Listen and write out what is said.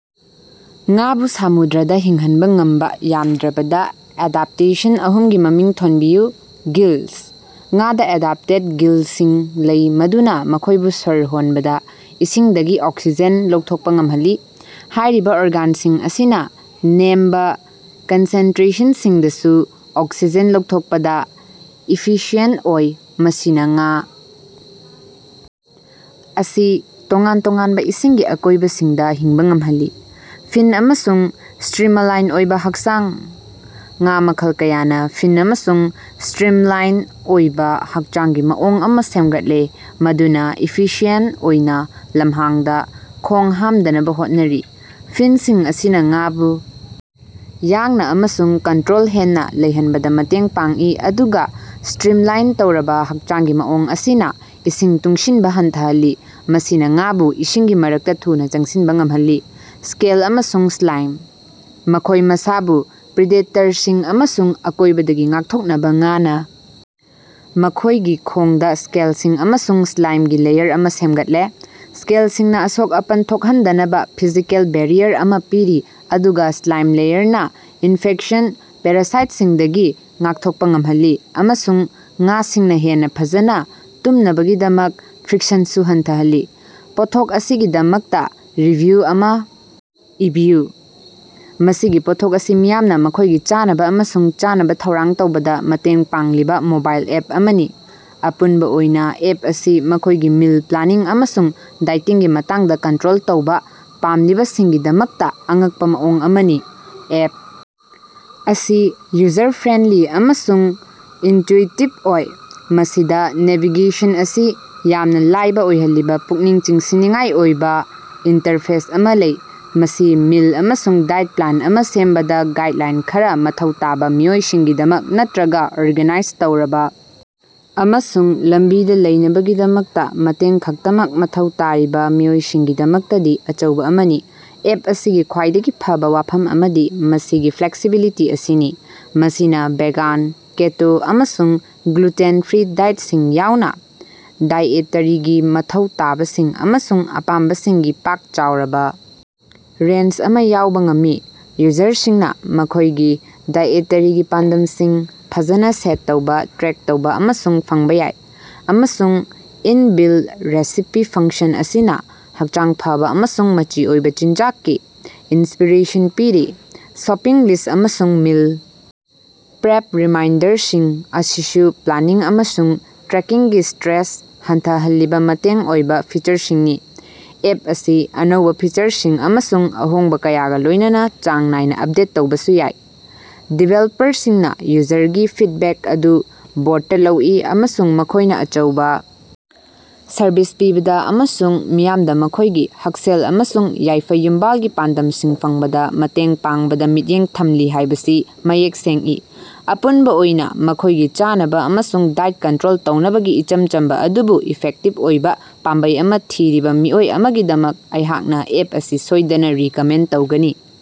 ꯉꯥꯕꯨ ꯁꯃꯨꯗ꯭ꯔꯗꯥ ꯍꯤꯡꯍꯟꯕ ꯉꯝꯕꯥ ꯌꯥꯝꯗ꯭ꯔꯕꯗ ꯑꯦꯗꯞꯇꯦꯁꯟ ꯑꯍꯨꯝꯒꯤ ꯃꯃꯤꯡ ꯊꯣꯟꯕꯤꯌꯨ꯫ ꯒꯤꯜꯁ: ꯉꯥꯗꯥ ꯑꯦꯗꯞꯇꯦꯗ ꯒꯤꯜꯁꯤꯡ ꯂꯩ ꯃꯗꯨꯅ ꯃꯈꯣꯏꯕꯨ ꯁ꯭ꯋꯔ ꯍꯣꯟꯕꯗ ꯏꯁꯤꯡꯗꯒꯤ ꯑꯣꯛꯁꯤꯖꯦꯟ ꯂꯧꯊꯣꯛꯄꯥ ꯉꯝꯍꯜꯂꯤ꯫ ꯍꯥꯏꯔꯤꯕꯥ ꯑꯣꯔꯒꯥꯟꯁꯤꯡ ꯑꯁꯤꯅ ꯅꯦꯝꯕ ꯀꯟꯁꯦꯟꯇꯔꯦꯁꯟꯁꯤꯡꯗꯁꯨ ꯑꯣꯛꯁꯤꯖꯦꯟ ꯂꯧꯊꯣꯛꯄꯗꯥ ꯏꯐꯤꯁꯤꯌꯦꯟꯇ ꯑꯣꯏ, ꯃꯁꯤꯅꯥ ꯉꯥ ꯑꯁꯤ ꯇꯣꯉꯥꯟ ꯇꯣꯉꯥꯟꯕ ꯏꯁꯤꯡꯒꯤ ꯑꯀꯣꯏꯕꯁꯤꯡꯗ ꯍꯤꯡꯕ ꯉꯝꯍꯜꯂꯤ꯫ ꯐꯤꯟ ꯑꯃꯁꯨꯡ ꯁ꯭ꯇꯔꯤꯃꯂꯥꯏꯟ ꯑꯣꯏꯕ ꯍꯛꯆꯥꯡ: ꯉꯥ ꯃꯈꯜ ꯀꯌꯥꯅ ꯐꯤꯟ ꯑꯃꯁꯨꯡ ꯁ꯭ꯇꯔꯤꯝꯂꯥꯏꯟ ꯑꯣꯏꯕ ꯍꯛꯆꯥꯡꯒꯤ ꯃꯑꯣꯡ ꯑꯃꯥ ꯁꯦꯝꯒꯠꯂꯦ ꯃꯗꯨꯅꯥ ꯏꯐꯤꯁꯤꯌꯦꯟ ꯑꯣꯏꯅꯥ ꯂꯝꯍꯥꯡꯗꯥ ꯈꯣꯡ ꯍꯥꯝꯗꯅꯕ ꯍꯣꯠꯅꯔꯤ꯫ ꯐꯤꯟꯁꯤꯡ ꯑꯁꯤꯅ ꯉꯥꯕꯨ ꯌꯥꯡꯅ ꯑꯃꯁꯨꯡ ꯀꯟꯇꯔꯣꯜ ꯍꯦꯟꯅ ꯂꯩꯍꯟꯕꯗꯥ ꯃꯇꯦꯡ ꯄꯥꯡꯏ ꯑꯗꯨꯒ ꯁ꯭ꯇꯔꯤꯝꯂꯥꯏꯟ ꯇꯧꯔꯕ ꯍꯛꯆꯥꯡꯒꯤ ꯃꯑꯣꯡ ꯑꯁꯤꯅꯥ ꯏꯁꯤꯡ ꯇꯨꯡꯁꯤꯟꯕꯥ ꯍꯟꯊꯍꯜꯂꯤ, ꯃꯁꯤꯅ ꯉꯥꯕꯨ ꯏꯁꯤꯡꯒꯤ ꯃꯔꯛꯇ ꯊꯨꯅꯥ ꯆꯪꯁꯤꯟꯕꯥ ꯉꯝꯍꯜꯂꯤ꯫ ꯁ꯭ꯀꯦꯜ ꯑꯃꯁꯨꯡ ꯁ꯭ꯂꯥꯏꯝ: ꯃꯈꯣꯏ ꯃꯁꯥꯕꯨ ꯄ꯭ꯔꯤꯗꯦꯇꯔꯁꯤꯡ ꯑꯃꯁꯨꯡ ꯑꯀꯣꯏꯕꯗꯒꯤ ꯉꯥꯛꯊꯣꯛꯅꯕꯥ ꯉꯥꯅꯥ ꯃꯈꯣꯏꯒꯤ ꯈꯣꯡꯗꯥ ꯁ꯭ꯀꯦꯜꯁꯤꯡ ꯑꯃꯁꯨꯡ ꯁ꯭ꯂꯥꯏꯝꯒꯤ ꯂꯦꯌꯔ ꯑꯃꯥ ꯁꯦꯝꯒꯠꯂꯦ꯫ ꯁ꯭ꯀꯦꯜꯁꯤꯡꯅ ꯑꯁꯣꯛ-ꯑꯄꯟ ꯊꯣꯛꯍꯟꯗꯅꯕ ꯐꯤꯖꯤꯀꯦꯜ ꯕꯦꯔꯤꯌꯥꯔ ꯑꯃꯥ ꯄꯤꯔꯤ ꯑꯗꯨꯒ ꯁ꯭ꯂꯥꯏꯝ ꯂꯦꯌꯔꯅ ꯏꯟꯐꯦꯛꯁꯟ, ꯄꯦꯔꯥꯁꯥꯏꯠꯁꯤꯡꯗꯒꯤ ꯉꯥꯛꯊꯣꯛꯄ ꯉꯝꯍꯜꯂꯤ ꯑꯃꯁꯨꯡ ꯉꯥꯁꯤꯡꯅ ꯍꯦꯟꯅ ꯐꯖꯅ ꯇꯨꯝꯅꯕꯒꯤꯗꯃꯛ ꯐ꯭ꯔꯤꯛꯁꯟꯁꯨ ꯍꯟꯊꯍꯜꯂꯤ꯫ ꯄꯣꯠꯊꯣꯛ ꯑꯁꯤꯒꯤꯗꯃꯛꯇ ꯔꯤꯚꯤꯌꯨ ꯑꯃꯥ ꯏꯕꯤꯌꯨ꯫ ꯃꯁꯤꯒꯤ ꯄꯣꯠꯊꯣꯛ ꯑꯁꯤ ꯃꯤꯌꯥꯝꯅ ꯃꯈꯣꯏꯒꯤ ꯆꯥꯅꯕ ꯑꯃꯁꯨꯡ ꯆꯥꯅꯕ ꯊꯧꯔꯥꯡ ꯇꯧꯕꯗ ꯃꯇꯦꯡ ꯄꯥꯡꯂꯤꯕ ꯃꯣꯕꯥꯏꯜ ꯑꯦꯞ ꯑꯃꯅꯤ꯫ ꯑꯄꯨꯟꯕ ꯑꯣꯏꯅꯥ, ꯑꯦꯞ ꯑꯁꯤ ꯃꯈꯣꯏꯒꯤ ꯃꯤꯜ ꯄ꯭ꯂꯥꯅꯤꯡ ꯑꯃꯁꯨꯡ ꯗꯥꯏꯇꯤꯡꯒꯤ ꯃꯇꯥꯡꯗ ꯀꯟꯇꯔꯣꯜ ꯇꯧꯕꯥ ꯄꯥꯝꯂꯤꯕꯁꯤꯡꯒꯤꯗꯃꯛꯇ ꯑꯉꯛꯄꯥ ꯃꯑꯣꯡ ꯑꯃꯅꯤ꯫ ꯑꯦꯞ ꯑꯁꯤ ꯌꯨꯖꯔ ꯐ꯭ꯔꯦꯟꯗꯂꯤ ꯑꯃꯁꯨꯡ ꯏꯟꯇꯌꯨꯏꯇꯤꯕ ꯑꯣꯏ, ꯃꯁꯤꯗꯥ ꯅꯦꯚꯤꯒꯦꯁꯟ ꯑꯁꯤ ꯌꯥꯝꯅ ꯂꯥꯏꯕ ꯑꯣꯏꯍꯜꯂꯤꯕ ꯄꯨꯛꯅꯤꯡ ꯆꯤꯡꯁꯤꯟꯅꯤꯡꯉꯥꯏ ꯑꯣꯏꯕ ꯏꯟꯇꯔꯐꯦꯁ ꯑꯃꯥ ꯂꯩ꯫ ꯃꯁꯤ ꯃꯤꯜ ꯑꯃꯁꯨꯡ ꯗꯥꯏꯠ ꯄ꯭ꯂꯥꯟ ꯑꯃꯥ ꯁꯦꯝꯕꯗ ꯒꯥꯏꯗꯂꯥꯏꯟ ꯈꯔ ꯃꯊꯧ ꯇꯥꯕ ꯃꯤꯑꯣꯏꯁꯤꯡꯒꯤꯗꯃꯛ, ꯅꯠꯇꯔꯒ ꯑꯣꯔꯒꯥꯅꯥꯏꯖ ꯇꯧꯔꯕ ꯑꯃꯁꯨꯡ ꯂꯝꯕꯤꯗ ꯂꯩꯅꯕꯒꯤꯗꯃꯛꯇ ꯃꯇꯦꯡ ꯈꯛꯇꯃꯛ ꯃꯊꯧ ꯇꯥꯔꯤꯕꯥ ꯃꯤꯑꯣꯏꯁꯤꯡꯒꯤꯗꯃꯛꯇꯗꯤ ꯑꯆꯧꯕ ꯑꯃꯅꯤ꯫ ꯑꯦꯞ ꯑꯁꯤꯒꯤ ꯈ꯭ꯋꯥꯏꯗꯒꯤ ꯐꯕꯥ ꯋꯥꯐꯝ ꯑꯃꯗꯤ ꯃꯁꯤꯒꯤ ꯐ꯭ꯂꯦꯛꯁꯤꯕꯤꯂꯤꯇꯤ ꯑꯁꯤꯅꯤ꯫ ꯃꯁꯤꯅꯥ ꯚꯦꯒꯥꯟ, ꯀꯦꯇꯣ ꯑꯃꯁꯨꯡ ꯒ꯭ꯂꯨꯇꯦꯟ ꯐ꯭ꯔꯤ ꯗꯥꯏꯠꯁꯤꯡ ꯌꯥꯎꯅ ꯗꯥꯏꯑꯦꯇꯔꯤꯒꯤ ꯃꯊꯧ ꯇꯥꯕꯁꯤꯡ ꯑꯃꯁꯨꯡ ꯑꯄꯥꯝꯕꯁꯤꯡꯒꯤ ꯄꯥꯛ-ꯆꯥꯎꯔꯕ ꯔꯦꯟꯖ ꯑꯃꯥ ꯌꯥꯎꯕ ꯉꯝꯃꯤ꯫ ꯌꯨꯖꯔꯁꯤꯡꯅ ꯃꯈꯣꯏꯒꯤ ꯗꯥꯏꯑꯦꯇꯔꯤꯒꯤ ꯄꯥꯟꯗꯝꯁꯤꯡ ꯐꯖꯅ ꯁꯦꯠ ꯇꯧꯕ, ꯇ꯭ꯔꯦꯛ ꯇꯧꯕ ꯑꯃꯁꯨꯡ ꯐꯪꯕ ꯌꯥꯏ, ꯑꯃꯁꯨꯡ ꯏꯟ-ꯕꯤꯜ ꯔꯦꯁꯤꯄꯤ ꯐꯪꯁꯟ ꯑꯁꯤꯅ ꯍꯛꯆꯥꯡ ꯐꯕꯥ ꯑꯃꯁꯨꯡ ꯃꯆꯤ ꯑꯣꯏꯕ ꯆꯤꯟꯖꯥꯛꯀꯤ ꯏꯟꯁꯄꯤꯔꯦꯁꯟ ꯄꯤꯔꯤ꯫ ꯁꯣꯄꯤꯡ ꯂꯤꯁ꯭ꯠ ꯑꯃꯁꯨꯡ ꯃꯤꯜ ꯄ꯭ꯔꯦꯞ ꯔꯤꯃꯥꯏꯟꯗꯔꯁꯤꯡ ꯑꯁꯤꯁꯨ ꯄ꯭ꯂꯥꯅꯤꯡ ꯑꯃꯁꯨꯡ ꯇ꯭ꯔꯦꯀꯤꯡꯒꯤ ꯁ꯭ꯇꯔꯦꯁ ꯍꯟꯊꯍꯜꯂꯤꯕꯥ ꯃꯇꯦꯡ ꯑꯣꯏꯕꯥ ꯐꯤꯆꯔꯁꯤꯡꯅꯤ꯫ ꯑꯦꯞ ꯑꯁꯤ ꯑꯅꯧꯕꯥ ꯐꯤꯆꯔꯁꯤꯡ ꯑꯃꯁꯨꯡ ꯑꯍꯣꯡꯕ ꯀꯌꯥꯒ ꯂꯣꯏꯅꯅꯥ ꯆꯥꯡ ꯅꯥꯏꯅ ꯑꯞꯗꯦꯠ ꯇꯧꯕꯁꯨ ꯌꯥꯏ꯫ ꯗꯤꯕꯦꯜꯄꯔꯁꯤꯡꯅꯥ ꯌꯨꯖꯔꯒꯤ ꯐꯤꯗꯕꯦꯛ ꯑꯗꯨ ꯕꯣꯔꯗꯇꯥ ꯂꯧꯏ, ꯑꯃꯁꯨꯡ ꯃꯈꯣꯏꯅꯥ ꯑꯆꯧꯕꯥ ꯁꯔꯕꯤꯁ ꯄꯤꯕꯗ ꯑꯃꯁꯨꯡ ꯃꯤꯌꯥꯝꯗ ꯃꯈꯣꯏꯒꯤ ꯍꯛꯁꯦꯜ ꯑꯃꯁꯨꯡ ꯌꯥꯏꯐ-ꯌꯨꯝꯕꯥꯜꯒꯤ ꯄꯥꯟꯗꯝꯁꯤꯡ ꯐꯪꯕꯗ ꯃꯇꯦꯡ ꯄꯥꯡꯕꯗꯥ ꯃꯤꯠꯌꯦꯡ ꯊꯝꯂꯤ ꯍꯥꯏꯕꯁꯤ ꯃꯌꯦꯛ ꯁꯦꯡꯏ꯫ ꯑꯄꯨꯟꯕ ꯑꯣꯏꯅ, ꯃꯈꯣꯏꯒꯤ ꯆꯥꯅꯕ ꯑꯃꯁꯨꯡ ꯗꯥꯏꯠ ꯀꯟꯇꯔꯣꯜ ꯇꯧꯅꯕꯒꯤ ꯏꯆꯝ ꯆꯝꯕꯥ ꯑꯗꯨꯕꯨ ꯏꯐꯦꯛꯇꯤꯕ ꯑꯣꯏꯕ ꯄꯥꯝꯕꯩ ꯑꯃꯥ ꯊꯤꯔꯤꯕ ꯃꯤꯑꯣꯏ ꯑꯃꯒꯤꯗꯃꯛ ꯑꯩꯍꯥꯛꯅ ꯑꯦꯞ ꯑꯁꯤ ꯁꯣꯏꯗꯅ ꯔꯤꯀꯃꯦꯟꯗ ꯇꯧꯒꯅꯤ꯫